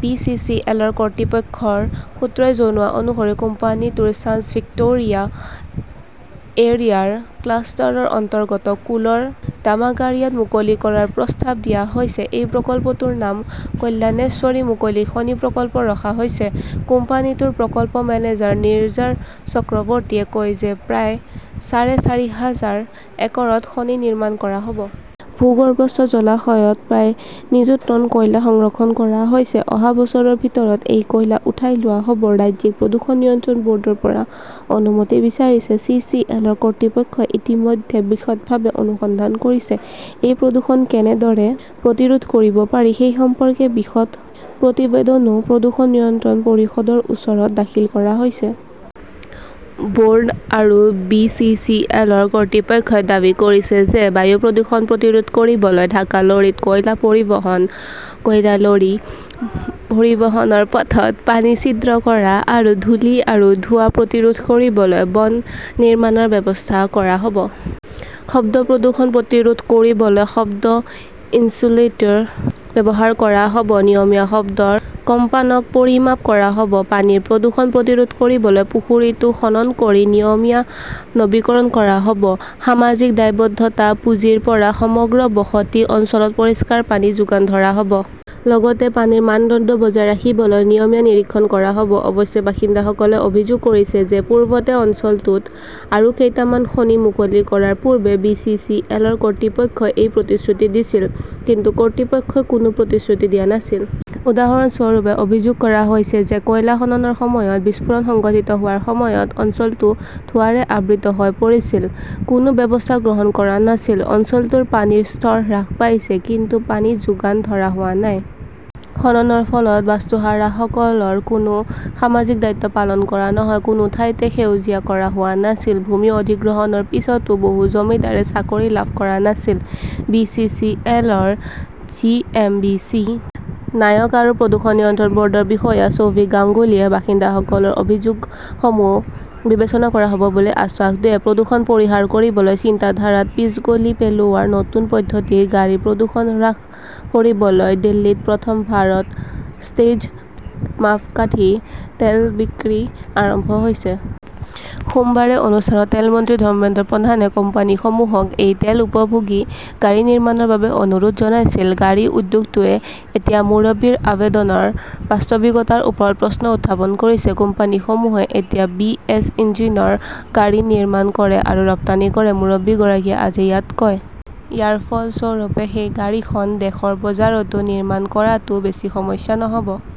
B. C. C. L. -ৰ কৰ্তৃপক্ষৰ সূত্ৰই জনোৱা অনুসৰি, কোম্পানীটোৰ চাঞ্চ ভিক্টোৰিয়া এৰিয়াৰ ক্লাষ্টাৰৰ অন্তৰ্গত কুলৰ দামাগাৰিয়াত মুকলি কৰাৰ প্ৰস্তাৱ দিয়া হৈছে। এই প্ৰকল্পটোৰ নাম "কল্যাণেশ্বৰী" মুকলি খনি প্ৰকল্প ৰখা হৈছে। কোম্পানীটোৰ প্ৰকল্প মেনেজাৰ নিৰ্জাৰ চক্ৰৱৰ্তীয়ে কয় যে, প্ৰায় চাৰে চাৰি হাজাৰ একৰত খনি নিৰ্মাণ কৰা হব। ভূগৰ্ভস্থ জলাশয়ত প্ৰায় নিযুত টন কয়লা সংৰক্ষণ কৰা হৈছে। অহা বছৰৰ ভিতৰত এই কয়লা উঠাই লোৱা হব। ৰাজ্যিক প্ৰদূষণ নিয়ন্ত্ৰণ বৰ্ডৰ পৰা অনুমতি বিচাৰিছে। চি. চি. এল. কৰ্তৃপক্ষই ইতিমধ্যে বিশদভাৱে অনুসন্ধান কৰিছে। এই প্ৰদূষণ কেনেদৰে প্ৰতিৰোধ কৰিব পাৰি, সেই সম্পৰ্কে বিশদ প্ৰতিবেদনো প্ৰদূষণ নিয়ন্ত্ৰণ পৰিষদৰ ওচৰত দাখিল কৰা হৈছে। বৰ্ড আৰু বি. চি. চি. এল. কৰ্তৃপক্ষই দাবী কৰিছে যে, বায়ু প্ৰদূষণ প্ৰতিৰোধ কৰিবলৈ ঢাকা লৰীত কয়লা পৰিবহণ, কয়লা লৰি পৰিবহণৰ পথত পানী ছিদ্ৰ কৰা আৰু ধূলি আৰু ধোঁৱা প্ৰতিৰোধ কৰিবলৈ বন নিৰ্মাণৰ ব্যৱস্থা কৰা হব। শব্দ প্ৰদূষণ প্ৰতিৰোধ কৰিবলৈ শব্দ ইনচুলেটৰ ব্যৱহাৰ কৰা হব। নিয়মীয়া শব্দৰ কম্পনাংক পৰিমাপ কৰা হব। পানীৰ প্ৰদূষণ প্ৰতিৰোধ কৰিবলৈ পুখুৰীটো খনন কৰি নিয়মীয়া নৱীকৰণ কৰা হব, সামাজিক দায়বদ্ধতা পুঁজিৰ পৰা সমগ্ৰ বসতি অঞ্চলত পৰিষ্কাৰ পানী যোগান ধৰা হব। লগতে পানীৰ মানদণ্ড বজাই ৰাখিবলৈ নিয়মীয়া নিৰীক্ষণ কৰা হব। অৱশ্যে বাসিন্দাসকলে অভিযোগ কৰিছে যে, পূৰ্বতে অঞ্চলটোত আৰু কেইটামান খনি মুকলি কৰাৰ পূৰ্বে বি. চি. চি. এল. কৰ্তৃপক্ষই এই প্ৰতিশ্ৰুতি দিছিল। কিন্তু কৰ্তৃপক্ষই কোনো প্ৰতিশ্ৰুতি দিয়া নাছিল। উদাহৰণস্বৰূপে, অভিযোগ কৰা হৈছে যে, কয়লা খননৰ সময়ত বিস্ফোৰণ সংঘটিত হোৱাৰ সময়ত অঞ্চলটো ধোঁৱাৰে আবৃত হৈ পৰিছিল। কোনো ব্যৱস্থা গ্ৰহণ কৰা নাছিল। অঞ্চলটোৰ পানীৰ স্তৰ হ্ৰাস পাইছে। কিন্তু পানী যোগান ধৰা হোৱা নাই। খননৰ ফলত বাস্তুহাৰাসকলৰ কোনো সামাজিক দায়িত্ব পালন কৰা নহয়। কোনো ঠাইতে সেউজীয়া কৰা হোৱা নাছিল। ভূমি অধিগ্ৰহণৰ পিছতো বহু জমিদাৰে চাকৰি লাভ কৰা নাছিল। বি. চি. চি. এল. -ৰ G. M. B. C. Nayak আৰু প্ৰদূষণ নিয়ন্ত্ৰণ বৰ্ডৰ বিষয়া শ্বৌবিক গাংগুলীয়ে বাসিন্দাসকলৰ অভিযোগসমূহ বিবেচনা কৰা হব বুলি আশ্বাস দিয়ে। প্ৰদূষণ পৰিহাৰ কৰিবলৈ চিন্তাধাৰাত পিচ গলি পেলোৱাৰ নতুন পদ্ধতি গাড়ীৰ প্ৰদূষণ হ্ৰাস কৰিবলৈ দিল্লীত প্ৰথম "ভাৰত ষ্টেজ" মাপকাঠি তেল বিক্ৰী আৰম্ভ হৈছে। সোমবাৰে সেই অনুষ্ঠানত তেল মন্ত্ৰী ধৰ্মেন্দ্ৰ প্ৰধানে কোম্পানীসমূহক এই তেল-উপযোগী গাড়ী নিৰ্মাণৰ বাবে অনুৰোধ জনাইছিল। গাড়ী উদ্যোগটোৱে এতিয়া মুৰব্বীৰ আবেদনৰ বাস্তৱিকতাৰ ওপৰত প্ৰশ্ন উত্থাপন কৰিছে। "কোম্পানীসমূহে এতিয়া বিএছ- ইঞ্জিনৰ গাড়ী নিৰ্মাণ কৰে আৰু ৰপ্তানি কৰে", মুৰব্বীগৰাকীয়ে আজি ইয়াত কয়। ইয়াৰ ফলস্বৰূপে সেই গাড়ীখন দেশৰ বজাৰতো নিৰ্মাণ কৰাটো বেছি সমস্যা নহব।